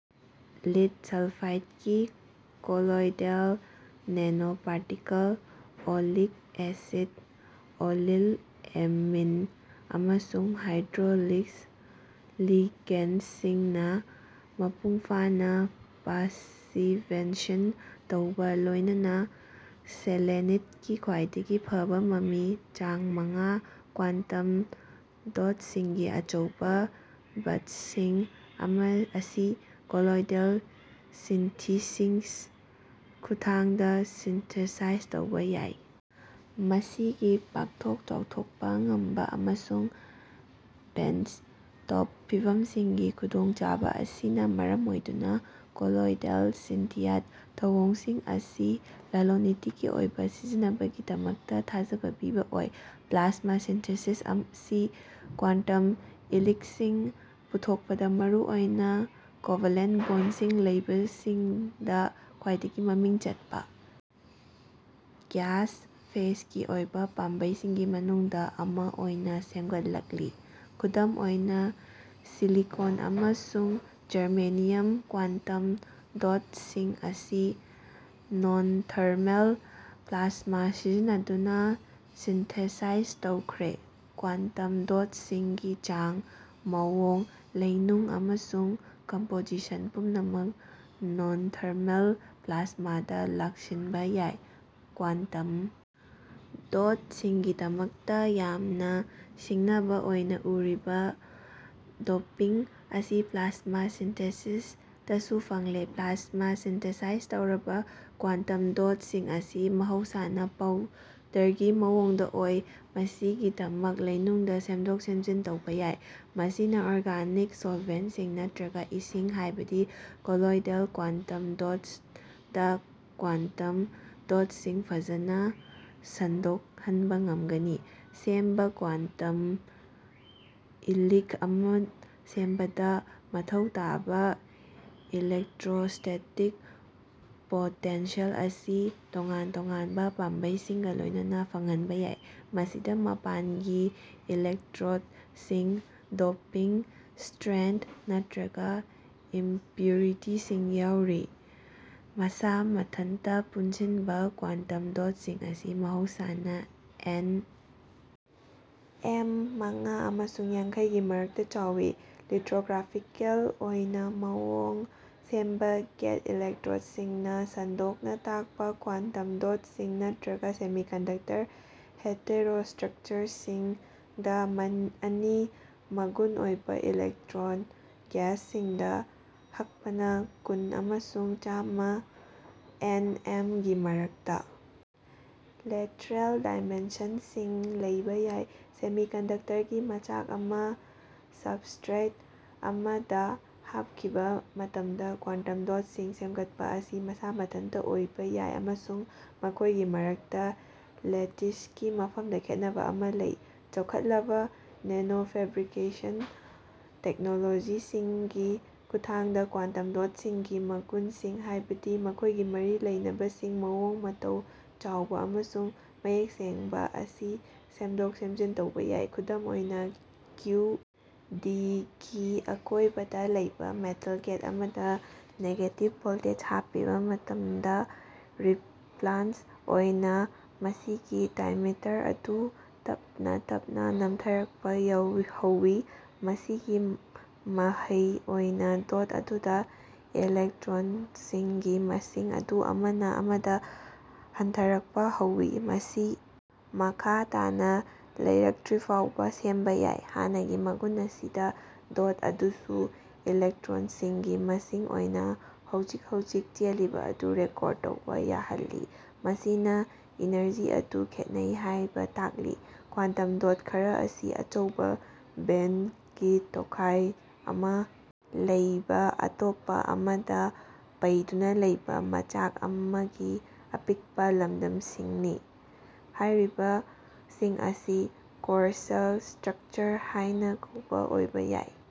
Lead ꯁꯜꯐꯥꯏꯗꯀꯤ colloidal nanoparticle (oleic acid, oleyl amine, ꯑꯃꯁꯨꯡ hydroxyl ꯂꯤꯒꯦꯟꯗꯁꯤꯡꯅ ꯃꯄꯨꯡꯐꯥꯅ ꯄꯥꯁꯤꯚꯦꯁꯟ ꯇꯧꯕꯒ ꯂꯣꯏꯅꯅ ꯁꯦꯂꯦꯅꯤꯗ ꯀꯤ ꯈ꯭ꯋꯥꯏꯗꯒꯤ ꯐꯕ ꯃꯃꯤ (ꯆꯥꯡ ꯃꯉꯥ) ꯀ꯭ꯋꯥꯟꯇꯝ ꯗꯣꯠꯁꯤꯡꯒꯤ ꯑꯆꯧꯕ ꯕꯆꯁꯤꯡ ꯑꯁꯤ ꯀꯣꯂꯣꯏꯗꯦꯜ ꯁꯤꯟꯊꯤꯁꯤꯁ ꯈꯨꯠꯊꯥꯡꯗ ꯁꯤꯟꯊꯤꯁꯥꯏꯖ ꯇꯧꯕ ꯌꯥꯏ꯫ ꯃꯁꯤꯒꯤ ꯄꯥꯛꯊꯣꯛ-ꯆꯥꯎꯊꯣꯛꯄ ꯉꯝꯕ ꯑꯃꯁꯨꯡ ꯕꯦꯟꯆꯇꯣꯞ ꯐꯤꯚꯝꯁꯤꯡꯒꯤ ꯈꯨꯗꯣꯡꯆꯥꯕ ꯑꯁꯤꯅ ꯃꯔꯝ ꯑꯣꯏꯗꯨꯅ ꯀꯣꯂꯣꯏꯗꯦꯜ ꯁꯤꯟꯊꯤꯌꯥꯠ ꯊꯧꯑꯣꯡꯁꯤꯡ ꯑꯁꯤ ꯂꯂꯣꯟ-ꯏꯇꯤꯛꯀꯤ ꯑꯣꯏꯕ ꯁꯤꯖꯤꯟꯅꯕꯒꯤꯗꯃꯛꯇ ꯊꯥꯖꯕ ꯄꯤꯕ ꯑꯣꯏ꯫ ꯄ꯭ꯂꯥꯁꯃꯥ ꯁꯤꯟꯊꯤꯁꯤꯁ ꯑꯁꯤ ꯀ꯭ꯋꯥꯟꯇꯝ ꯏꯂꯤꯛꯁꯤꯡ ꯄꯨꯊꯣꯛꯄꯗ ꯃꯔꯨꯑꯣꯏꯅ ꯀꯣꯚꯂꯦꯟ ꯕꯣꯟꯁꯤꯡ ꯂꯩꯕꯁꯤꯡꯗ ꯈ꯭ꯋꯥꯏꯗꯒꯤ ꯃꯃꯤꯡ ꯆꯠꯄ ꯒ꯭ꯌꯥꯁ-ꯐꯦꯁꯀꯤ ꯑꯣꯏꯕ ꯄꯥꯝꯕꯩꯁꯤꯡꯒꯤ ꯃꯅꯨꯡꯗ ꯑꯃ ꯑꯣꯏꯅ ꯁꯦꯝꯒꯠꯂꯛꯂꯤ꯫ ꯈꯨꯗꯝ ꯑꯣꯏꯅ ꯁꯤꯂꯤꯀꯣꯟ ꯑꯃꯁꯨꯡ ꯖꯔꯃꯦꯅꯤꯌꯝ ꯀ꯭ꯋꯥꯟꯇꯝ ꯗꯣꯠꯁꯤꯡ ꯑꯁꯤ ꯅꯣꯟꯊꯔꯃꯦꯜ ꯄ꯭ꯂꯥꯁꯃꯥ ꯁꯤꯖꯤꯟꯅꯗꯨꯅ ꯁꯤꯟꯊꯦꯁꯥꯏꯖ ꯇꯧꯈ꯭ꯔꯦ꯫ ꯀ꯭ꯋꯥꯟꯇꯝ ꯗꯣꯠꯁꯤꯡꯒꯤ ꯆꯥꯡ, ꯃꯑꯣꯡ, ꯂꯩꯅꯨꯡ ꯑꯃꯁꯨꯡ ꯀꯝꯄꯣꯖꯤꯁꯟ ꯄꯨꯝꯅꯃꯛ ꯅꯣꯟꯊꯔꯃꯦꯜ ꯄ꯭ꯂꯥꯁꯃꯥꯗ ꯂꯥꯛꯁꯤꯟꯕ ꯌꯥꯏ꯫ ꯀ꯭ꯋꯥꯟꯇꯝ ꯗꯣꯠꯁꯤꯡꯒꯤꯗꯃꯛꯇ ꯌꯥꯝꯅ ꯁꯤꯡꯅꯕ ꯑꯣꯏꯅ ꯎꯔꯤꯕ ꯗꯣꯄꯤꯡ ꯑꯁꯤ ꯄ꯭ꯂꯥꯁꯃꯥ ꯁꯤꯟꯊꯤꯁꯤꯁꯗꯁꯨ ꯐꯪꯂꯦ꯫ ꯄ꯭ꯂꯥꯁꯃꯥꯅ ꯁꯤꯟꯊꯦꯁꯥꯏꯖ ꯇꯧꯔꯕ ꯀ꯭ꯋꯥꯟꯇꯝ ꯗꯣꯠꯁꯤꯡ ꯑꯁꯤ ꯃꯍꯧꯁꯥꯅ ꯄꯧꯗꯔꯒꯤ ꯃꯑꯣꯡꯗ ꯑꯣꯏ, ꯃꯁꯤꯒꯤꯗꯃꯛ ꯂꯩꯅꯨꯡꯗ ꯁꯦꯝꯗꯣꯛ-ꯁꯦꯝꯖꯤꯟ ꯇꯧꯕ ꯌꯥꯏ꯫ ꯃꯁꯤꯅ ꯑꯣꯔꯒꯅꯤꯛ ꯁꯣꯜꯚꯦꯟꯠꯁꯤꯡ ꯅꯠꯇ꯭ꯔꯒ ꯏꯁꯤꯡ (ꯍꯥꯏꯕꯗꯤ ꯀꯣꯂꯣꯏꯗꯦꯜ ꯀ꯭ꯋꯥꯟꯇꯝ ꯗꯣꯠꯁ) ꯗ ꯀ꯭ꯋꯥꯟꯠꯝ ꯗꯣꯠꯁꯤꯡ ꯐꯖꯅ ꯁꯟꯗꯣꯛꯍꯟꯕ ꯉꯝꯒꯅꯤ꯫ ꯁꯦꯝꯕ ꯀ꯭ꯋꯥꯟꯇꯝ ꯏꯂꯤꯛ ꯑꯃ ꯁꯦꯝꯕꯗ ꯃꯊꯧ ꯇꯥꯕ ꯏꯂꯦꯛꯇ꯭ꯔꯣꯁ꯭ꯇꯦꯇꯤꯛ ꯄꯣꯇꯦꯟꯁꯦꯜ ꯑꯁꯤ ꯇꯣꯉꯥꯟ ꯇꯣꯉꯥꯟꯕ ꯄꯥꯝꯕꯩꯁꯤꯡꯒ ꯂꯣꯏꯅꯅ ꯐꯪꯍꯟꯕ ꯌꯥꯏ꯫ ꯃꯁꯤꯗ ꯃꯄꯥꯟꯒꯤ ꯏꯂꯦꯛꯇ꯭ꯔꯣꯗꯁꯤꯡ, ꯗꯣꯄꯤꯡ, ꯁ꯭ꯇ꯭ꯔꯦꯟ, ꯅꯠꯇ꯭ꯔꯒ ꯏꯝꯄꯨꯔꯤꯇꯤꯁꯤꯡ ꯌꯥꯎꯔꯤ꯫ ꯃꯁꯥ ꯃꯊꯟꯇ ꯄꯨꯟꯁꯤꯟꯕ ꯀ꯭ꯋꯥꯟꯇꯝ ꯗꯣꯠꯁꯤꯡ ꯑꯁꯤ ꯃꯍꯧꯁꯥꯅ ꯑꯦꯟ. ꯑꯦꯝ. ꯃꯉꯥ ꯑꯃꯁꯨꯡ ꯌꯥꯡꯈꯩ ꯒꯤ ꯃꯔꯛꯇ ꯆꯥꯎꯏ꯫ ꯂꯤꯊ꯭ꯔꯣꯒ꯭ꯔꯥꯐꯤꯀꯦꯜ ꯑꯣꯏꯅ ꯃꯑꯣꯡ ꯁꯦꯝꯕ ꯒꯦꯠ ꯏꯂꯦꯛꯇ꯭ꯔꯣꯗꯁꯤꯡꯅ ꯁꯟꯗꯣꯛꯅ ꯇꯥꯛꯄ ꯀ꯭ꯋꯥꯟꯇꯝ ꯗꯣꯠꯁꯤꯡ, ꯅꯠꯇ꯭ꯔꯒ ꯁꯦꯃꯤꯀꯟꯗꯛꯇꯔ ꯍꯦꯇꯦꯔꯣꯁ꯭ꯇ꯭ꯔꯛꯆꯔꯁꯤꯡꯗ ꯑꯅꯤ ꯃꯒꯨꯟ ꯑꯣꯏꯕ ꯏꯂꯦꯛꯇ꯭ꯔꯣꯟ ꯒꯦꯁꯁꯤꯡꯗ ꯍꯛꯄꯅ ꯀꯨꯟ ꯑꯃꯁꯨꯡ ꯆꯥꯃ ꯑꯦꯟ. ꯑꯦꯝ. ꯒꯤ ꯃꯔꯛꯇ ꯂꯦꯇꯔꯦꯜ ꯗꯥꯏꯃꯦꯟꯁꯟꯁꯤꯡ ꯂꯩꯕ ꯌꯥꯏ꯫ ꯁꯦꯃꯤꯀꯟꯗꯛꯇꯔꯒꯤ ꯃꯆꯥꯛ ꯑꯃ ꯁꯕꯁ꯭ꯇ꯭ꯔꯦꯠ ꯑꯃꯗ ꯍꯥꯞꯈꯤꯕ ꯃꯇꯝꯗ ꯀ꯭ꯋꯥꯟꯇꯝ ꯗꯣꯠꯁꯤꯡ ꯁꯦꯝꯒꯠꯄ ꯑꯁꯤ ꯃꯁꯥ ꯃꯊꯟꯇ ꯑꯣꯏꯕ ꯌꯥꯏ ꯑꯃꯁꯨꯡ ꯃꯈꯣꯏꯒꯤ ꯃꯔꯛꯇ ꯂꯦꯇꯤꯁꯀꯤ ꯃꯐꯝꯗ ꯈꯦꯠꯅꯕ ꯑꯃ ꯂꯩ꯫ ꯆꯥꯎꯈꯠꯂꯕ ꯅꯦꯅꯣꯐꯦꯕ꯭ꯔꯤꯀꯦꯁꯟ ꯇꯦꯛꯅꯣꯂꯣꯖꯤꯁꯤꯡꯒꯤ ꯈꯨꯠꯊꯥꯡꯗ ꯀ꯭ꯋꯥꯟꯇꯝ ꯗꯣꯠꯁꯤꯡꯒꯤ ꯃꯒꯨꯟꯁꯤꯡ ꯍꯥꯏꯕꯗꯤ ꯃꯈꯣꯏꯒꯤ ꯃꯔꯤ ꯂꯩꯅꯕꯁꯤꯡ ꯃꯑꯣꯡ-ꯃꯇꯧ ꯆꯥꯎꯕ ꯑꯃꯁꯨꯡ ꯃꯌꯦꯛ ꯁꯦꯡꯕ ꯑꯁꯤ ꯁꯦꯝꯗꯣꯛ ꯁꯦꯖꯤꯟ ꯇꯧꯕ ꯌꯥꯏ꯫ ꯈꯨꯗꯝ ꯑꯣꯏꯅ, ꯀ꯭ꯌꯨ. ꯗꯤ. ꯒꯤ ꯑꯀꯣꯏꯕꯗ ꯂꯩꯕ ꯃꯦꯇꯥꯜ ꯒꯦꯠ ꯑꯃꯗ ꯅꯦꯒꯦꯇꯤꯕ ꯚꯣꯜꯇꯦꯖ ꯍꯥꯞꯄꯤꯕ ꯃꯇꯝꯗ, ꯔꯤꯄ꯭ꯂꯥꯟꯁ ꯑꯣꯏꯅ, ꯃꯁꯤꯒꯤ ꯗꯥꯏꯃꯤꯇꯔ ꯑꯗꯨ ꯇꯞꯅ ꯇꯞꯅ ꯅꯝꯊꯔꯛꯄ ꯌꯧꯋꯤ ꯍꯧꯋꯤ꯫ ꯃꯁꯤꯒꯤ ꯃꯍꯩ ꯑꯣꯏꯅ ꯗꯣꯠ ꯑꯗꯨꯗ ꯏꯂꯦꯛꯇ꯭ꯔꯣꯟꯁꯤꯡꯒꯤ ꯃꯁꯤꯡ ꯑꯗꯨ ꯑꯃꯅ ꯑꯃꯗ ꯍꯟꯊꯔꯛꯄ ꯍꯧꯏ, ꯃꯁꯤ ꯃꯈꯥ ꯇꯥꯅ ꯂꯩꯔꯛꯇ꯭ꯔꯤꯐꯥꯎꯕ ꯁꯦꯝꯕ ꯌꯥꯏ꯫ ꯍꯥꯟꯅꯒꯤ ꯃꯒꯨꯟ ꯑꯁꯤꯗ ꯗꯣꯠ ꯑꯗꯨꯗ ꯏꯂꯦꯛꯇ꯭ꯔꯣꯟꯁꯤꯡꯒꯤ ꯃꯁꯤꯡ ꯑꯣꯏꯅ ꯍꯧꯖꯤꯛ-ꯍꯧꯖꯤꯛ ꯆꯦꯜꯂꯤꯕ ꯑꯗꯨ ꯔꯦꯀꯣꯔ꯭ꯗ ꯇꯧꯕ ꯌꯥꯍꯜꯂꯤ, ꯃꯁꯤꯅ ꯏꯅꯔꯖꯤ ꯑꯗꯨ ꯈꯦꯠꯅꯩ ꯍꯥꯏꯕ ꯇꯥꯛꯂꯤ꯫ ꯀ꯭ꯋꯥꯟꯇꯝ ꯗꯣꯠ ꯈꯔ ꯑꯁꯤ ꯑꯆꯧꯕ ꯕꯦꯟꯗꯒꯤ ꯇꯣꯈꯥꯏ ꯑꯃ ꯂꯩꯕ ꯑꯇꯣꯞꯄ ꯑꯃꯗ ꯄꯩꯗꯨꯅ ꯂꯩꯕ ꯃꯆꯥꯛ ꯑꯃꯒꯤ ꯑꯄꯤꯛꯄ ꯂꯝꯗꯝꯁꯤꯡꯅꯤ꯫ ꯍꯥꯏꯔꯤꯕꯁꯤꯡ ꯑꯁꯤ ꯀꯣꯔ-ꯁꯦꯜ ꯁ꯭ꯇ꯭ꯔꯛꯆꯔ ꯍꯥꯏꯅ ꯀꯧꯕ ꯑꯣꯏꯕ ꯌꯥꯏ꯫